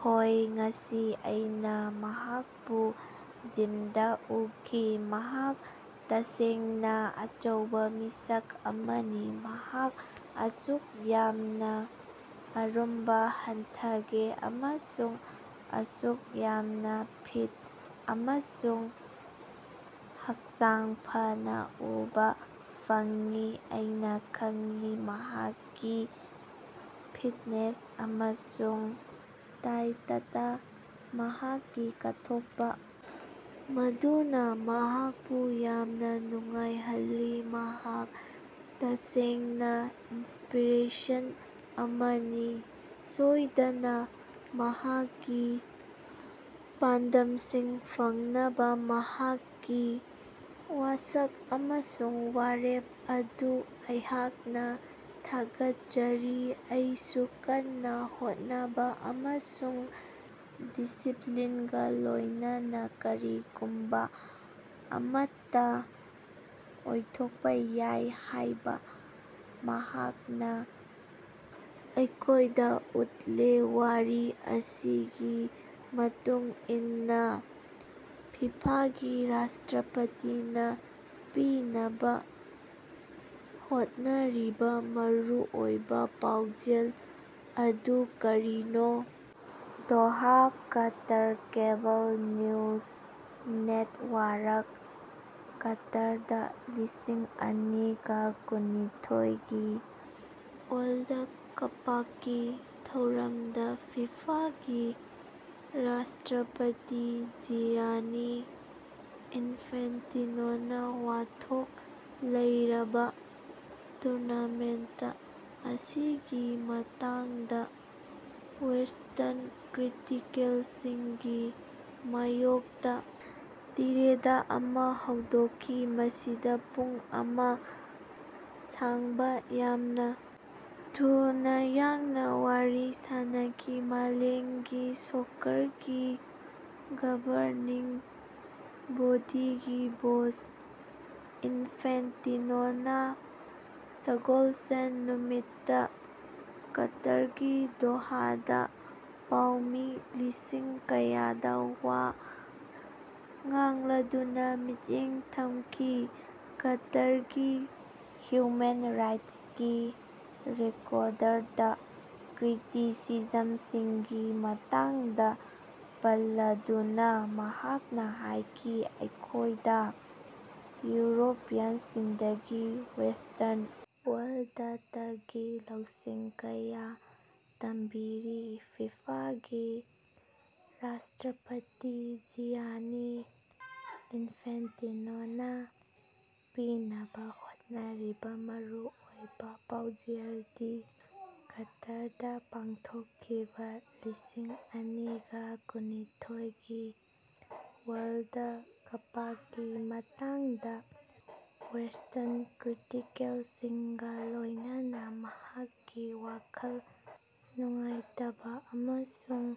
ꯍꯣꯏ ꯉꯁꯤ ꯑꯩꯅ ꯃꯍꯥꯛꯄꯨ ꯖꯤꯝꯗ ꯎꯈꯤ꯫ ꯃꯍꯥꯛ ꯇꯁꯦꯡꯅ ꯑꯆꯧꯕ ꯃꯤꯁꯛ ꯑꯃꯅꯤ꯫ ꯃꯍꯥꯛ ꯑꯁꯨꯛ ꯌꯥꯝꯅ ꯑꯔꯨꯝꯕ ꯍꯟꯊꯔꯦ ꯑꯃꯁꯨꯡ ꯑꯁꯨꯛ ꯌꯥꯝꯅ ꯐꯤꯠ ꯑꯃꯁꯨꯡ ꯍꯛꯆꯥꯡ ꯐꯅ ꯎꯕ ꯐꯪꯏ꯫ ꯑꯩꯅ ꯈꯪꯏ꯫ ꯃꯍꯥꯛꯀꯤ ꯐꯤꯠꯅꯦꯁ ꯑꯃꯁꯨꯡ ꯗꯥꯏꯇꯇ ꯃꯍꯥꯛꯀꯤ ꯀꯠꯊꯣꯛꯄ ꯃꯗꯨꯅ ꯑꯩꯍꯥꯛꯄꯨ ꯌꯥꯝꯅ ꯅꯨꯡꯉꯥꯏꯍꯜꯂꯤ꯫ ꯃꯍꯥꯛ ꯇꯁꯦꯡꯅ ꯏꯟꯁꯄꯤꯔꯦꯁꯟ ꯑꯃꯅꯤ꯫ ꯁꯣꯏꯗꯅ ꯃꯍꯥꯛꯀꯤ ꯄꯥꯟꯗꯝꯁꯤꯡ ꯐꯪꯅꯕ ꯃꯍꯥꯛꯀꯤ ꯋꯥꯁꯛ ꯑꯃꯁꯨꯡ ꯋꯥꯔꯦꯞ ꯑꯗꯨ ꯑꯩꯍꯥꯛꯅ ꯊꯥꯒꯠꯆꯔꯤ꯫ ꯑꯩꯁꯨ ꯀꯟꯅ ꯍꯣꯠꯅꯕ ꯑꯃꯁꯨꯡ ꯗꯤꯁꯤꯞꯂꯤꯟꯒ ꯂꯣꯏꯅꯅ ꯀꯔꯤꯒꯨꯝꯕ ꯑꯃꯠꯇ ꯑꯣꯏꯊꯣꯛꯄ ꯌꯥꯏ ꯍꯥꯏꯕ ꯃꯍꯥꯛꯅ ꯑꯩꯈꯣꯏꯗ ꯎꯠꯂꯦ꯫ ꯋꯥꯔꯤ ꯑꯁꯤꯒꯤ ꯃꯇꯨꯡ ꯏꯟꯅ ꯐꯤꯐꯥꯒꯤ ꯔꯥꯁ꯭ꯇꯔꯄꯇꯤꯅꯥ ꯄꯤꯅꯕ ꯍꯣꯠꯅꯔꯤꯕ ꯃꯔꯨꯑꯣꯏꯕ ꯄꯥꯎꯖꯦꯜ ꯑꯗꯨ ꯀꯔꯤꯅꯣ? Doha Qatar (cable news network) — ꯀꯇꯥꯔꯗ ꯂꯤꯁꯤꯡ ꯑꯅꯤꯒ ꯀꯨꯟꯅꯤꯊꯣꯏꯒꯤ ꯋꯥꯔꯜꯗ ꯀꯄꯀꯤ ꯊꯧꯔꯝꯗ ꯐꯤꯐꯥꯒꯤ ꯔꯥꯁ꯭ꯇꯔꯄꯇꯤ ꯖꯤꯌꯥꯅꯤ ꯏꯅꯐꯦꯟꯇꯤꯅꯣꯅꯥ ꯋꯥꯊꯣꯛ ꯂꯩꯔꯕ ꯇꯨꯔꯅꯥꯃꯦꯟꯇ ꯑꯁꯤꯒꯤ ꯃꯇꯥꯡꯗ ꯋꯦꯁ꯭ꯇꯔꯟ ꯀ꯭ꯔꯤꯇꯤꯀꯦꯜꯁꯤꯡꯒꯤ ꯃꯥꯌꯣꯛꯇ ꯇꯤꯔꯦꯗ ꯑꯃ ꯍꯧꯗꯣꯛꯈꯤ꯫ ꯃꯁꯤꯗ ꯄꯨꯡ ꯑꯃ ꯁꯥꯡꯕ ꯌꯥꯝꯅ ꯊꯨꯅ ꯌꯥꯡꯅ ꯋꯥꯔꯤ ꯁꯥꯅꯈꯤ꯫ ꯃꯥꯂꯦꯝꯒꯤ ꯁꯣꯀꯔꯒꯤ ꯒꯕꯔꯅꯤꯡ ꯕꯣꯗꯤꯒꯤ ꯕꯣꯁ ꯏꯅꯐꯦꯟꯇꯤꯅꯣꯅꯥ ꯁꯒꯣꯜꯁꯦꯟ ꯅꯨꯃꯤꯠꯇ ꯀꯇꯥꯔꯒꯤ ꯗꯣꯍꯥꯗꯥ ꯄꯥꯎꯃꯤ ꯂꯤꯁꯤꯡ ꯀꯌꯥꯗ ꯋꯥ ꯉꯥꯡꯂꯗꯨꯅ ꯃꯤꯠꯌꯦꯡ ꯊꯝꯈꯤ꯫ ꯀꯇꯥꯔꯒꯤ ꯍ꯭ꯌꯨꯃꯦꯟ ꯔꯥꯏꯠꯁꯀꯤ ꯔꯦꯀꯣꯔꯗꯇ ꯀ꯭ꯔꯤꯇꯤꯁꯤꯖꯝꯁꯤꯡꯒꯤ ꯃꯇꯥꯡꯗꯥ ꯄꯜꯂꯗꯨꯅꯥ ꯃꯍꯥꯛꯅꯥ ꯍꯥꯏꯈꯤ, "ꯑꯩꯈꯣꯏꯗ ꯌꯨꯔꯣꯄꯤꯌꯟꯁꯤꯡꯗꯒꯤ, ꯋꯦꯁ꯭ꯇꯔꯟ ꯋꯥꯔꯜꯗꯇꯒꯤ ꯂꯧꯁꯤꯡ ꯀꯌꯥ ꯇꯝꯕꯤꯔꯤ꯫" ꯐꯤꯐꯥꯒꯤ ꯔꯥꯁ꯭ꯇꯔꯄꯇꯤ ꯖꯤꯌꯥꯅꯤ ꯏꯅꯐꯦꯟꯇꯤꯅꯣꯅꯥ ꯄꯤꯅꯕ ꯍꯣꯠꯅꯔꯤꯕ ꯃꯔꯨꯑꯣꯏꯕ ꯄꯥꯎꯖꯦꯜꯗꯤ ꯀꯇꯥꯔꯗꯥ ꯄꯥꯡꯊꯣꯛꯈꯤꯕ ꯂꯤꯁꯤꯡ ꯑꯅꯤꯒ ꯀꯨꯟꯅꯤꯊꯣꯏꯒꯤ ꯋꯥꯔꯜꯗ ꯀꯄꯀꯤ ꯃꯇꯥꯡꯗ ꯋꯦꯁ꯭ꯇꯔꯟ ꯀ꯭ꯔꯤꯇꯤꯀꯦꯜꯁꯤꯡꯒ ꯂꯣꯏꯅꯅ ꯃꯍꯥꯛꯀꯤ ꯋꯥꯈꯜ ꯅꯨꯡꯉꯥꯏꯇꯕꯥꯑꯃꯁꯨꯡ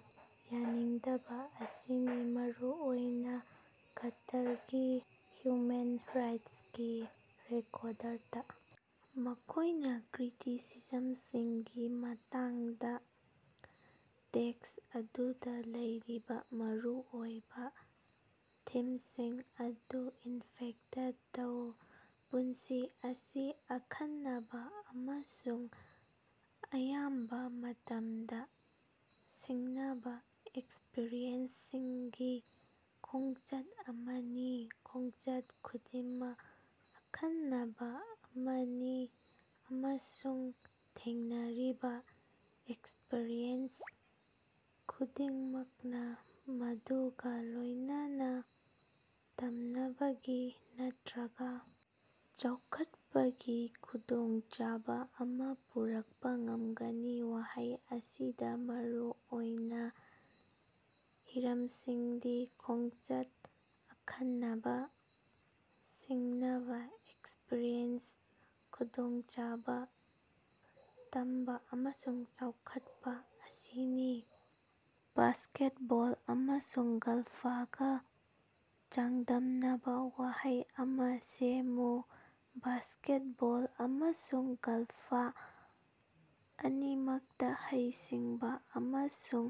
ꯌꯥꯅꯤꯡꯗꯕ ꯑꯁꯤꯅꯤ꯫ ꯃꯔꯨꯑꯣꯏꯅ ꯀꯇꯥꯔꯒꯤ ꯍ꯭ꯌꯨꯃꯦꯟ ꯔꯥꯏꯠꯁꯀꯤ ꯔꯦꯀꯣꯔꯗꯇ ꯃꯈꯣꯏꯅ ꯀ꯭ꯔꯤꯇꯤꯁꯤꯖꯝꯁꯤꯡꯒꯤ ꯃꯇꯥꯡꯗ ꯇꯦꯛꯁ ꯑꯗꯨꯗ ꯂꯩꯔꯤꯕ ꯃꯔꯨꯑꯣꯏꯕ ꯊꯤꯝꯁꯤꯡ ꯑꯗꯨ ꯏꯟꯐꯦꯛꯇ ꯇꯧ꯫ ꯄꯨꯟꯁꯤ ꯑꯁꯤ ꯑꯈꯟꯅꯕ ꯑꯃꯁꯨꯡ ꯑꯌꯥꯝꯕ ꯃꯇꯝꯗ ꯁꯤꯡꯅꯕ ꯑꯦꯛꯁꯄꯔꯤꯌꯦꯟꯁꯁꯤꯡꯒꯤ ꯈꯣꯡꯆꯠ ꯑꯃꯅꯤ꯫ ꯈꯣꯡꯆꯠ ꯈꯨꯗꯤꯡꯃꯛ ꯑꯈꯟꯅꯕ ꯑꯃꯅꯤ ꯑꯃꯁꯨꯡ ꯊꯦꯡꯅꯔꯤꯕ ꯑꯦꯛꯁꯄꯔꯤꯌꯦꯟꯁ ꯈꯨꯗꯤꯡꯃꯛꯅ ꯃꯗꯨꯒ ꯂꯣꯏꯅꯅ ꯇꯝꯅꯕꯒꯤ ꯅꯠꯇ꯭ꯔꯒ ꯆꯥꯎꯈꯠꯄꯒꯤ ꯈꯨꯗꯣꯡꯆꯥꯕ ꯑꯃꯥ ꯄꯨꯔꯛꯄ ꯉꯝꯒꯅꯤ꯫ ꯋꯥꯍꯩ ꯑꯁꯤꯗ ꯃꯔꯨ ꯑꯣꯏꯕ ꯍꯤꯔꯝꯁꯤꯡꯗꯤ ꯈꯣꯡꯆꯠ, ꯑꯈꯟꯅꯕ, ꯁꯤꯡꯅꯕ ꯑꯦꯛꯁꯄꯔꯤꯌꯦꯟꯁ, ꯈꯨꯗꯣꯡꯆꯥꯕ, ꯇꯝꯕ ꯑꯃꯁꯨꯡ ꯆꯥꯎꯈꯠꯄ ꯑꯁꯤꯅꯤ꯫ ꯕꯥꯁ꯭ꯀꯦꯠꯕꯣꯜ ꯑꯃꯁꯨꯡ ꯒꯜꯐꯀ ꯆꯥꯡꯗꯝꯅꯕ ꯋꯥꯍꯩ ꯑꯃ ꯁꯦꯝꯃꯨ꯫ ꯕꯥꯁ꯭ꯀꯦꯠꯕꯣꯜ ꯑꯃꯁꯨꯡ ꯒꯜꯐ ꯑꯅꯤꯃꯛꯇ ꯍꯩꯁꯤꯡꯕ ꯑꯃꯁꯨꯡ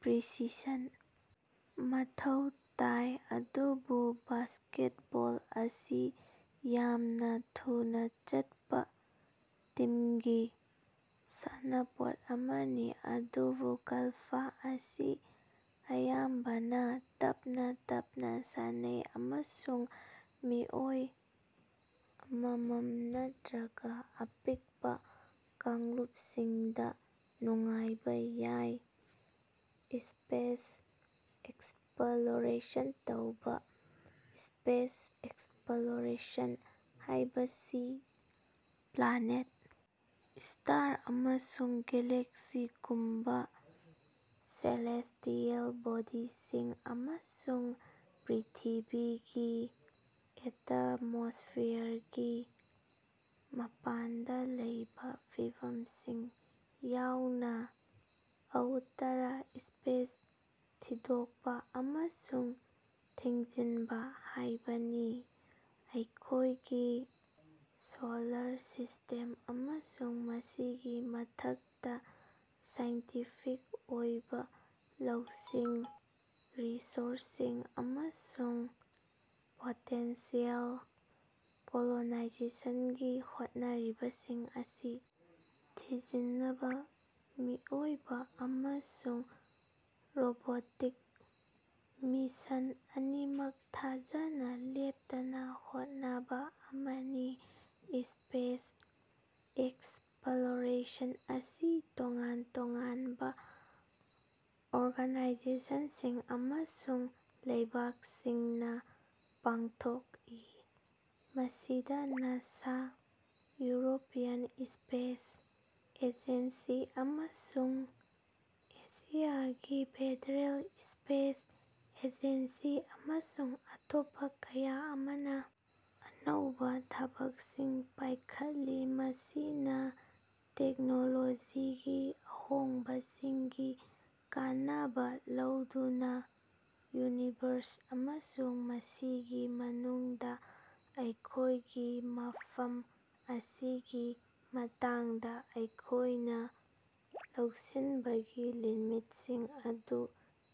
ꯄ꯭ꯔꯤꯁꯤꯁꯟ ꯃꯊꯧ ꯇꯥꯏ꯫ ꯑꯗꯨꯕꯨ ꯕꯥꯁ꯭ꯀꯦꯠꯕꯣꯜ ꯑꯁꯤ ꯌꯥꯝꯅ ꯊꯨꯅ ꯆꯠꯄ ꯇꯤꯝꯒꯤ ꯁꯥꯟꯅꯄꯣꯠ ꯑꯃꯅꯤ꯫ ꯑꯗꯨꯕꯨ ꯒꯜꯐ ꯑꯁꯤ ꯑꯌꯥꯝꯕꯅ ꯇꯞꯅ ꯇꯞꯅ ꯁꯥꯟꯅꯩ ꯑꯃꯁꯨꯡ ꯃꯤꯑꯣꯏ ꯑꯃꯃꯝ ꯅꯠꯇ꯭ꯔꯒ ꯑꯄꯤꯛꯄ ꯀꯥꯡꯂꯨꯄꯁꯤꯡꯗ ꯅꯨꯡꯉꯥꯏꯕ ꯌꯥꯏ꯫ ꯁ꯭ꯄꯦꯁ ꯑꯦꯛꯁꯞꯂꯣꯔꯦꯁꯟ ꯇꯧꯕ꯫ ꯁ꯭ꯄꯦꯁ ꯑꯦꯛꯁꯞꯂꯣꯔꯦꯁꯟ ꯍꯥꯏꯕꯁꯤ ꯄ꯭ꯂꯥꯅꯦꯠ, ꯁ꯭ꯇꯥꯔ ꯑꯃꯁꯨꯡ ꯒꯦꯂꯦꯛꯁꯤꯒꯨꯝꯕ ꯁꯦꯂꯦꯁ꯭ꯇꯤꯑꯦꯜ ꯕꯣꯗꯤꯁꯤꯡ ꯑꯃꯁꯨꯡ ꯄ꯭ꯔ꯭ꯤꯊꯤꯕꯤꯒꯤ ꯑꯦꯇꯃꯣꯁ꯭ꯐꯤꯌꯔꯒꯤ ꯃꯄꯥꯟꯗ ꯂꯩꯕ ꯐꯤꯚꯝꯁꯤꯡ ꯌꯥꯎꯅ ꯑꯥꯎꯇꯔ ꯁ꯭ꯄꯦꯁ ꯊꯤꯗꯣꯛꯄ ꯑꯃꯁꯨꯡ ꯊꯤꯖꯤꯟꯕ ꯍꯥꯏꯕꯅꯤ꯫ ꯑꯩꯈꯣꯏꯒꯤ ꯁꯣꯂꯥꯔ ꯁꯤꯁ꯭ꯇꯦꯝ, ꯑꯃꯁꯨꯡ ꯃꯁꯤꯒꯤ ꯃꯊꯛꯇ, ꯁꯥꯏꯟꯇꯤꯐꯤꯛ ꯑꯣꯏꯕ ꯂꯧꯁꯤꯡ, ꯔꯤꯁꯣꯔꯁꯁꯤꯡ, ꯑꯃꯁꯨꯡ ꯄꯣꯇꯦꯟꯁꯤꯌꯦꯜ ꯀꯣꯂꯣꯅꯥꯏꯖꯦꯁꯟꯒꯤ ꯍꯣꯠꯅꯔꯤꯕꯁꯤꯡ ꯑꯁꯤ ꯊꯤꯖꯤꯟꯅꯕ ꯃꯤꯑꯣꯏꯕ ꯑꯃꯁꯨꯡ ꯔꯣꯕꯣꯇꯤꯛ ꯃꯤꯁꯟ ꯑꯅꯤꯃꯛ ꯊꯥꯅꯕ ꯂꯦꯞꯇꯅ ꯍꯣꯠꯅꯕ ꯑꯃꯅꯤ꯫ ꯁ꯭ꯄꯦꯁ ꯑꯦꯛꯁꯞꯂꯣꯔꯦꯁꯟ ꯑꯁꯤ ꯇꯣꯉꯥꯟ ꯇꯣꯉꯥꯟꯕ ꯑꯣꯔꯒꯅꯥꯏꯖꯦꯁꯅꯁꯤꯡ ꯑꯃꯁꯨꯡ ꯂꯩꯕꯥꯛꯁꯤꯡꯅ ꯄꯥꯡꯊꯣꯛꯏ꯫ ꯃꯁꯤꯗ ꯅꯥꯁꯥ, ꯌꯨꯔꯣꯄꯤꯌꯟ ꯁ꯭ꯄꯦꯁ ꯑꯦꯖꯦꯟꯁꯤ, ꯑꯃꯁꯨꯡ ꯔꯁꯤꯌꯥꯒꯤ ꯐꯦꯗꯔꯦꯜ ꯁ꯭ꯄꯦꯁ ꯑꯦꯖꯦꯟꯁꯤ, ꯑꯃꯁꯨꯡ ꯑꯇꯣꯞꯄ ꯀꯌꯥ ꯑꯃꯅ ꯑꯅꯧꯕ ꯊꯕꯛꯁꯤꯡ ꯄꯥꯏꯈꯠꯂꯤ꯫ ꯃꯁꯤꯅ ꯇꯦꯛꯅꯣꯂꯣꯖꯤꯒꯤ ꯑꯍꯣꯡꯕꯁꯤꯡꯒꯤ ꯀꯥꯟꯅꯕ ꯂꯧꯗꯨꯅ ꯌꯨꯅꯤꯚꯔꯁ ꯑꯃꯁꯨꯡ ꯃꯁꯤꯒꯤ ꯃꯅꯨꯡꯗ ꯑꯩꯈꯣꯏꯒꯤ ꯃꯐꯝ ꯑꯁꯤꯒꯤ ꯃꯇꯥꯡꯗ ꯑꯩꯈꯣꯏꯅ ꯂꯧꯁꯤꯟꯕꯒꯤ ꯂꯤꯃꯤꯠꯁꯤꯡ ꯑꯗꯨ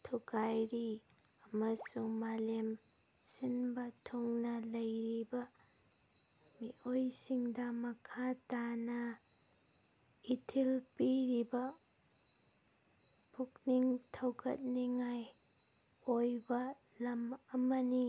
ꯊꯨꯒꯥꯏꯔꯤ꯫ ꯑꯃꯁꯨꯡ ꯃꯥꯂꯦꯝ ꯁꯤꯟꯕ ꯊꯨꯡꯅ ꯂꯩꯔꯤꯕ ꯃꯤꯑꯣꯏꯁꯤꯡꯗ ꯃꯈꯥ ꯇꯥꯅ ꯏꯊꯤꯜ ꯄꯤꯔꯤꯕ ꯄꯨꯛꯅꯤꯡ ꯊꯧꯒꯠꯅꯤꯡꯉꯥꯏ ꯑꯣꯏꯕ ꯂꯝ ꯑꯃꯅꯤ꯫